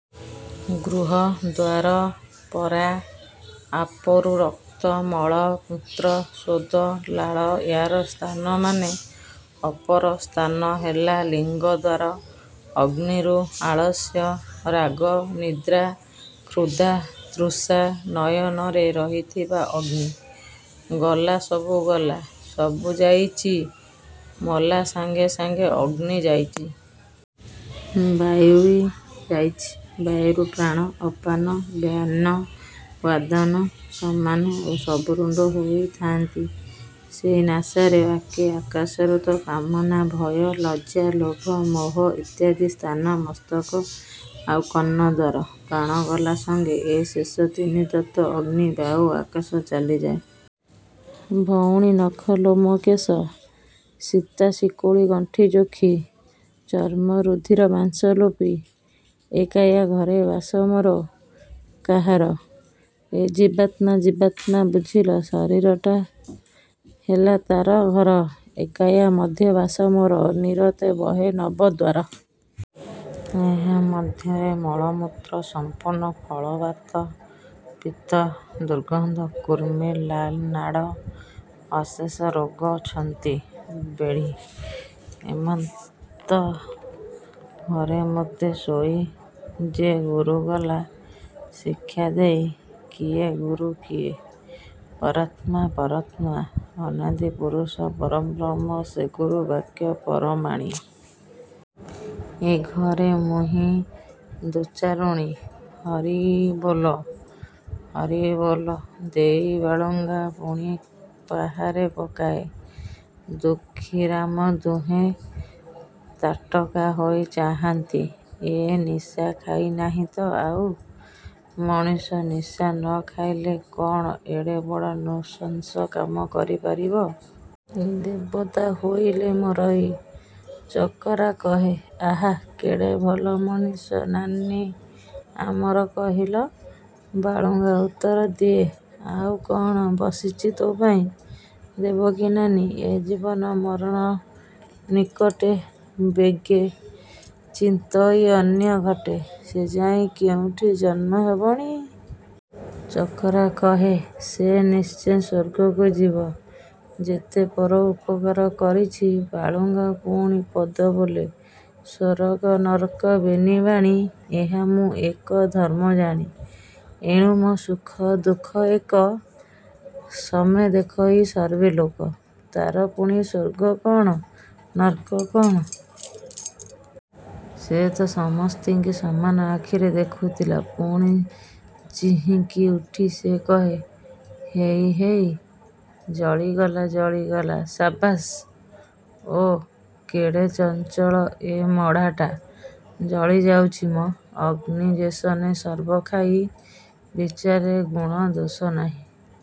ଗୁହ୍ୟ ଦ୍ୱାର ପରା ଆପରୁ ରକ୍ତ, ମଳ, ମୂତ୍ର, ସ୍ୱଦ, ଲାଳ ୟାର ସ୍ଥାନ, ମାନେ ଅପର ସ୍ଥାନ ହେଲା ଲିଙ୍ଗଦ୍ୱାର। ଅଗ୍ନିରୁ ଆଳସ୍ୟ, ରାଗ, ନିଦ୍ରା, ଖ୍ରୁଧା, ତୃଷା ନୟନରେ ରହିଥିଲା ଅଗ୍ନି। ଗଲା । ସବୁ ଗଲା। ସବୁ ଯାଇଚି। ମଲା ସାଙ୍ଗେ ସାଙ୍ଗେ ଅଗ୍ନି ଯାଇଛି। ବାୟୁବି ଯାଇଚି । ବାୟୁରୁ ପ୍ରାଣ, ଅପାନ, ବ୍ୟାନ, ଉଦାନ ସମାନ ଏ ସବୁ ରୁଣ୍ଡ ହୋଇଥାନ୍ତି ସେଇ ନାସାରେ। ବାକି ଆକାଶରୁ ତ କାମନା, ଭୟ, ଲଜ୍ଜା, ଲୋଭ, ମୋହ ଇତ୍ୟାଦି–ସ୍ଥାନ ମସ୍ତକ ଆଉ କର୍ଣ୍ଣ ଦ୍ୱାର । ପ୍ରାଣ ଗଲା ସାଙ୍ଗେ ଏ ଶେଷ ତିନି ତତ୍ତ୍ୱ ଅଗ୍ନି ବାୟୁ ଆକାଶ ଚାଲିଯାଏ। ଭଉଣୀ ନଖ ଲୋମ କେଶ। ଶିତ୍ତା ଶିକୁଳି ଗଣ୍ଠି ଯୋଖି। ଚର୍ମ ରୁଧିର ମାଂସ ଲୋପି। ଏ କାୟା ଘରେ ବାସ ମୋର କାହାର? ଏଇ ଜୀବାତ୍ମା ଜୀବାତ୍ମା। ବୁଝିଲ? ଶରୀରଟା। ହେଲା ତା'ର ଘର। ଏ କାୟା ମଧ୍ୟେ ବାସ ମୋର। ନିରତେ ବହେ ନବଦ୍ୱାର। ଏହା ମଧ୍ୟରେ ମଳ ମୂତ୍ର। ସମ୍ପୂର୍ଣ୍ଣ କଳ ବାତ ପିତ୍ତ। ଦୁର୍ଗନ୍ଧ କୃମି ଲାଲ ନାଡ଼। ଅଶେଷ ରୋଗ ଛନ୍ତି ବେଢ଼ି। ଏମନ୍ତ ଘରେ ମୋତେ ଶୋଇ। ଯେ ଗୁରୁ ଗଲା ଶିକ୍ଷାଦେଇ। କିଏ? ଗୁରୁ କିଏ? ପରାତ୍ମା, ପରାତ୍ମା ଅନାଦିପୁରୁଷ ପରଂବ୍ରହ୍ମ,'ସେ ଗୁରୁ ବାକ୍ୟ ପରମାଣି। ଏ ଘରେ ମୁହିଁ ଦୋଚାରୁଣୀ। ହରିବୋଲ, ହରିବୋଲ ଦେଇ ବାଳୁଙ୍ଗା ପୁଣି ପାହାରେ ପକାଏ। ଦୁଃଖୀ ରାମ ଦୁହେଁ ତାଟକା ହୋଇ ଚାହାଁନ୍ତି। ଏ ନିଶା ଖାଇ ନାହିଁ ତ ଆଉ। ମଣିଷ ନିଶା ନ ଖାଇଲେ କ'ଣ ଏଡ଼େ ବଡ଼ ନୃଶଂସ କାମ କରି ପାରିବ? ଦେବତା ହୋଇଲେ ମରଇ। ଚକରା କହେ ଆହା କେଡ଼େ ଭଲ ମଣିଷ ନାନୀ ଆମର କହିଲ। ବାଳୁଙ୍ଗା ଉତ୍ତର ଦିଏ ଆଉ କ'ଣ ବସିଚି ତୋପାଇଁ ଦେବକୀ ନାନୀ ଏ ଜୀବ ମରଣ ନିକଟେ ବେଗେ। ଚିନ୍ତଇ ଅନ୍ୟ ଘଟେ। ସେ ଯାଇ କେଉଁଠି ଜନ୍ମ ହେବଣି। ଚକରା କହେ ସେ ନିଶ୍ଚେ ସ୍ୱର୍ଗକୁ ଯିବ ଯେତେ ପର ଉପକାର କରିଛି। ବାଳୁଙ୍ଗା ପୁଣି ପଦ ବୋଲେସ୍ୱର୍ଗ ନରକ ବେନିବାଣୀ। ଏହା ମୁଁ ଏକ ଧର୍ମ ଜାଣି। ଏଣୁ ମୋ ସୁଖ ଦୁଃଖ ଏକ। ସମେ ଦେଖଇ ସର୍ବେଲୋକ। ତା'ର ପୁଣି ସ୍ୱର୍ଗ କ'ଣ ନର୍କ କ'ଣ। ସେ ତ ସମସ୍ତିଙ୍କି ସମାନ ଆଖିରେ ଦେଖୁଥିଲା। ପୁଣି ଚିହିଁକି ଉଠି ସେ କହେ ହେଇ ହେଇ ଜଳିଗଲା ଜଳିଗଲା ସାବାସ୍। ଓଃ କେଡ଼େ ଚଞ୍ଚଳ ଏ ମଢ଼ାଟା ଜଳି ଯାଉଚି ମ, ଅଗ୍ନି ଯେସନେ ସର୍ବ ଖାଇ। ବିଚାରେ ଗୁଣ ଦୋଷ ନାହିଁ।